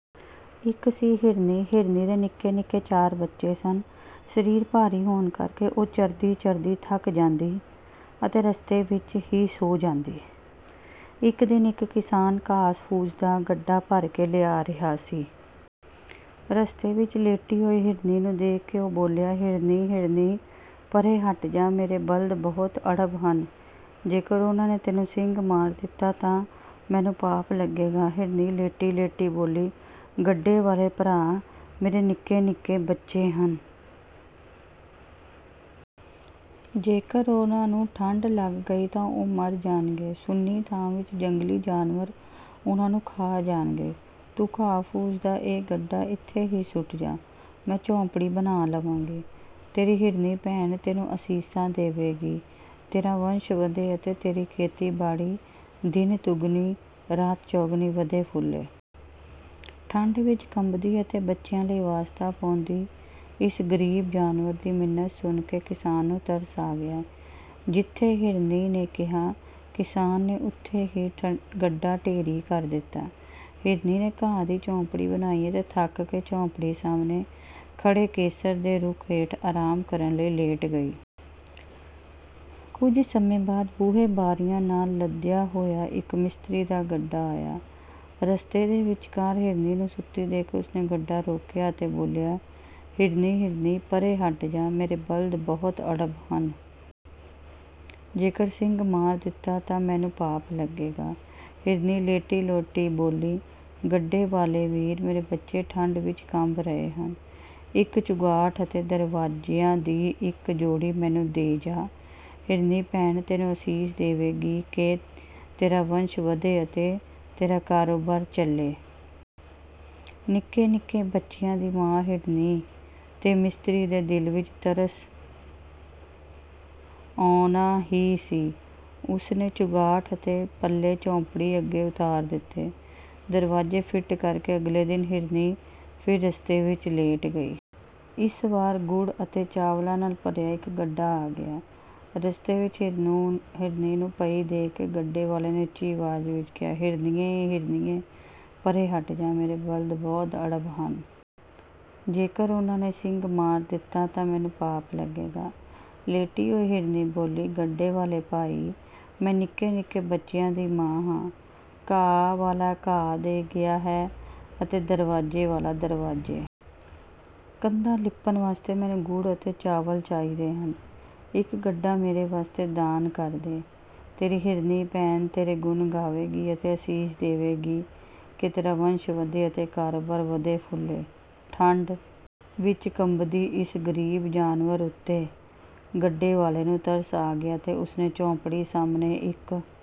ਇੱਕ ਸੀ ਹਿਰਨੀ। ਹਿਰਨੀ ਦੇ ਨਿੱਕੇ-ਨਿੱਕੇ ਚਾਰ ਬੱਚੇ ਸਨ। ਸਰੀਰ ਭਾਰੀ ਹੋਣ ਕਰਕੇ ਉਹ ਚਰਦੀ-ਚਰਦੀ ਥੱਕ ਜਾਂਦੀ ਅਤੇ ਰਸਤੇ ਵਿੱਚ ਹੀ ਸੌਂ ਜਾਂਦੀ। ਇੱਕ ਦਿਨ ਇੱਕ ਕਿਸਾਨ ਘਾਸ-ਫੂਸ ਦਾ ਗੱਡਾ ਭਰ ਕੇ ਲਿਆ ਰਿਹਾ ਸੀ। ਰਸਤੇ ਵਿੱਚ ਲੇਟੀ ਹੋਈ ਹਿਰਨੀ ਨੂੰ ਦੇਖ ਕੇ ਉਹ ਬੋਲਿਆ, "ਹਿਰਨੀ, ਹਿਰਨੀ ਪਰ੍ਹੇ ਹਟ ਜਾ, ਮੇਰੇ ਬਲਦ ਬਹੁਤ ਅੜਬ ਹਨ। ਜੇਕਰ ਉਹਨਾਂ ਨੇ ਤੈਨੂੰ ਸਿੰਗ ਮਾਰ ਦਿੱਤਾ ਤਾਂ ਮੈਨੂੰ ਪਾਪ ਲੱਗੇਗਾ।" ਹਿਰਨੀ ਲੇਟੀ-ਲੇਟੀ ਬੋਲੀ, "ਗੱਡੇ ਵਾਲੇ ਭਰਾ, ਮੇਰੇ ਨਿੱਕੇ-ਨਿੱਕੇ ਬੱਚੇ ਹਨ। ਜੇਕਰ ਉਹਨਾਂ ਨੂੰ ਠੰਢ ਲੱਗ ਗਈ ਤਾਂ ਉਹ ਮਰ ਜਾਣਗੇ, ਸੁੰਨੀ ਥਾਂ ਵਿੱਚ ਜੰਗਲੀ ਜਾਨਵਰ ਉਹਨਾਂ ਨੂੰ ਖਾ ਜਾਣਗੇ। ਤੂੰ ਘਾਹ-ਫੂਸ ਦਾ ਇਹ ਗੱਡਾ ਇੱਥੇ ਹੀ ਸੁੱਟ ਜਾ, ਮੈਂ ਝੌਂਪੜੀ ਬਣਾ ਲਵਾਂਗੀ। ਤੇਰੀ ਹਿਰਨੀ ਭੈਣ ਤੈਨੂੰ ਅਸੀਸਾਂ ਦੇਵੇਗੀ ਕਿ ਤੇਰਾ ਵੰਸ਼ ਵਧੇ ਅਤੇ ਤੇਰੀ ਖੇਤੀਬਾੜੀ ਦਿਨ-ਦੁਗਣੀ ਰਾਤ-ਚੌਗੁਣੀ ਵਧੇ-ਫੁੱਲੇ।" ਠੰਢ ਵਿੱਚ ਕੰਬਦੀ ਅਤੇ ਬੱਚਿਆਂ ਲਈ ਵਾਸਤਾ ਪਾਉਂਦੀ ਇਸ ਗ਼ਰੀਬ ਜਾਨਵਰ ਦੀ ਮਿੰਨਤ ਸੁਣ ਕੇ ਕਿਸਾਨ ਨੂੰ ਤਰਸ ਆ ਗਿਆ। ਜਿੱਥੇ ਹਿਰਨੀ ਨੇ ਕਿਹਾ, ਕਿਸਾਨ ਨੇ ਉੱਥੇ ਹੀ ਗੱਡਾ ਢੇਰੀ ਕਰ ਦਿੱਤਾ। ਹਿਰਨੀ ਨੇ ਘਾਹ ਦੀ ਝੌਂਪੜੀ ਬਣਾਈ ਅਤੇ ਥੱਕ ਕੇ ਝੌਂਪੜੀ ਸਾਹਮਣੇ ਖੜ੍ਹੇ ਕੇਸਰ ਦੇ ਰੁੱਖ ਹੇਠ ਆਰਾਮ ਕਰਨ ਲਈ ਲੇਟ ਗਈ। ਕੁਝ ਸਮੇਂ ਬਾਅਦ ਬੂਹੇ-ਬਾਰੀਆਂ ਨਾਲ ਲੱਦਿਆ ਹੋਇਆ ਇੱਕ ਮਿਸਤਰੀ ਦਾ ਗੱਡਾ ਆਇਆ। ਰਸਤੇ ਦੇ ਵਿਚਕਾਰ ਹਿਰਨੀ ਨੂੰ ਸੁੱਤੀ ਦੇਖ ਕੇ ਉਸ ਨੇ ਗੱਡਾ ਰੋਕਿਆ ਅਤੇ ਬੋਲਿਆ, "ਹਿਰਨੀ, ਹਿਰਨੀ ਪਰ੍ਹੇ ਹਟ ਜਾ, ਮੇਰੇ ਬਲਦ ਬਹੁਤ ਅੜਬ ਹਨ। ਜੇਕਰ ਸਿੰਗ ਮਾਰ ਦਿੱਤਾ ਤਾਂ ਮੈਨੂੰ ਪਾਪ ਲੱਗੇਗਾ।" ਹਿਰਨੀ ਲੇਟੀ-ਲੇਟੀ ਬੋਲੀ, "ਗੱਡੇ ਵਾਲੇ ਵੀਰ, ਮੇਰੇ ਬੱਚੇ ਠੰਢ ਵਿੱਚ ਕੰਬ ਰਹੇ ਹਨ। ਇੱਕ ਚੁਗਾਠ ਅਤੇ ਦਰਵਾਜ਼ਿਆਂ ਦੀ ਇੱਕ ਜੋੜੀ ਮੈਨੂੰ ਦੇ ਜਾ। ਹਿਰਨੀ ਭੈਣ ਤੈਨੂੰ ਅਸੀਸ ਦੇਵੇਗੀ ਕਿ ਤੇਰਾ ਵੰਸ਼ ਵਧੇ ਅਤੇ ਤੇਰਾ ਕਾਰੋਬਾਰ ਚੱਲੇ।" ਨਿੱਕੇ-ਨਿੱਕੇ ਬੱਚਿਆਂ ਦੀ ਮਾਂ ਹਿਰਨੀ 'ਤੇ ਮਿਸਤਰੀ ਦੇ ਦਿਲ ਵਿੱਚ ਤਰਸ ਆਉਣਾ ਹੀ ਸੀ, ਉਸ ਨੇ ਚੁਗਾਠ ਅਤੇ ਪੱਲੇ ਝੌਂਪੜੀ ਅੱਗੇ ਉਤਾਰ ਦਿੱਤੇ। ਦਰਵਾਜ਼ੇ ਫਿੱਟ ਕਰਕੇ ਅਗਲੇ ਦਿਨ ਹਿਰਨੀ ਫਿਰ ਰਸਤੇ ਵਿੱਚ ਲੇਟ ਗਈ। ਇਸ ਵਾਰ ਗੁੜ ਅਤੇ ਚਾਵਲਾਂ ਨਾਲ ਭਰਿਆ ਇੱਕ ਗੱਡਾ ਆ ਗਿਆ। ਰਸਤੇ ਵਿੱਚ ਹਿਰਨੀ ਨੂੰ ਪਈ ਦੇਖ ਕੇ ਗੱਡੇ ਵਾਲੇ ਨੇ ਉੱਚੀ ਆਵਾਜ਼ ਵਿੱਚ ਕਿਹਾ, "ਹਿਰਨੀਏ, ਹਿਰਨੀਏ ਪਰ੍ਹੇ ਹਟ ਜਾ, ਮੇਰੇ ਬਲਦ ਬਹੁਤ ਅੜਬ ਹਨ। ਜੇਕਰ ਉਹਨਾਂ ਨੇ ਸਿੰਗ ਮਾਰ ਦਿੱਤਾ ਤਾਂ ਮੈਨੂੰ ਪਾਪ ਲੱਗੇਗਾ।" ਲੇਟੀ ਹੋਈ ਹਿਰਨੀ ਬੋਲੀ, "ਗੱਡੇ ਵਾਲੇ ਭਾਈ, ਮੈਂ ਨਿੱਕੇ-ਨਿੱਕੇ ਬੱਚਿਆਂ ਦੀ ਮਾਂ ਹਾਂ। ਘਾਹ ਵਾਲਾ ਘਾਹ ਦੇ ਗਿਆ ਹੈ ਅਤੇ ਦਰਵਾਜੇ ਵਾਲਾ ਦਰਵਾਜ਼ੇ। ਕੰਧਾਂ ਲਿੱਪਣ ਵਾਸਤੇ ਮੈਨੂੰ ਗੁੜ ਅਤੇ ਚਾਵਲ ਚਾਹੀਦੇ ਹਨ, ਇੱਕ ਗੱਡਾ ਮੇਰੇ ਵਾਸਤੇ ਦਾਨ ਕਰ ਦੇ। ਤੇਰੀ ਹਿਰਨੀ ਭੈਣ ਤੇਰੇ ਗੁਣ ਗਾਵੇਗੀ ਅਤੇ ਅਸੀਸ ਦੇਵੇਗੀ ਕਿ ਤੇਰਾ ਵੰਸ਼ ਵਧੇ ਅਤੇ ਕਾਰੋਬਾਰ ਵਧੇ-ਫੁੱਲੇ।" ਠੰਢ ਵਿੱਚ ਕੰਬਦੀ ਇਸ ਗ਼ਰੀਬ ਜਾਨਵਰ ਉੱਤੇ ਗੱਡੇ ਵਾਲੇ ਨੂੰ ਤਰਸ ਆ ਗਿਆ ਅਤੇ ਉਸ ਨੇ ਝੌਂਪੜੀ ਸਾਹਮਣੇ ਇੱਕ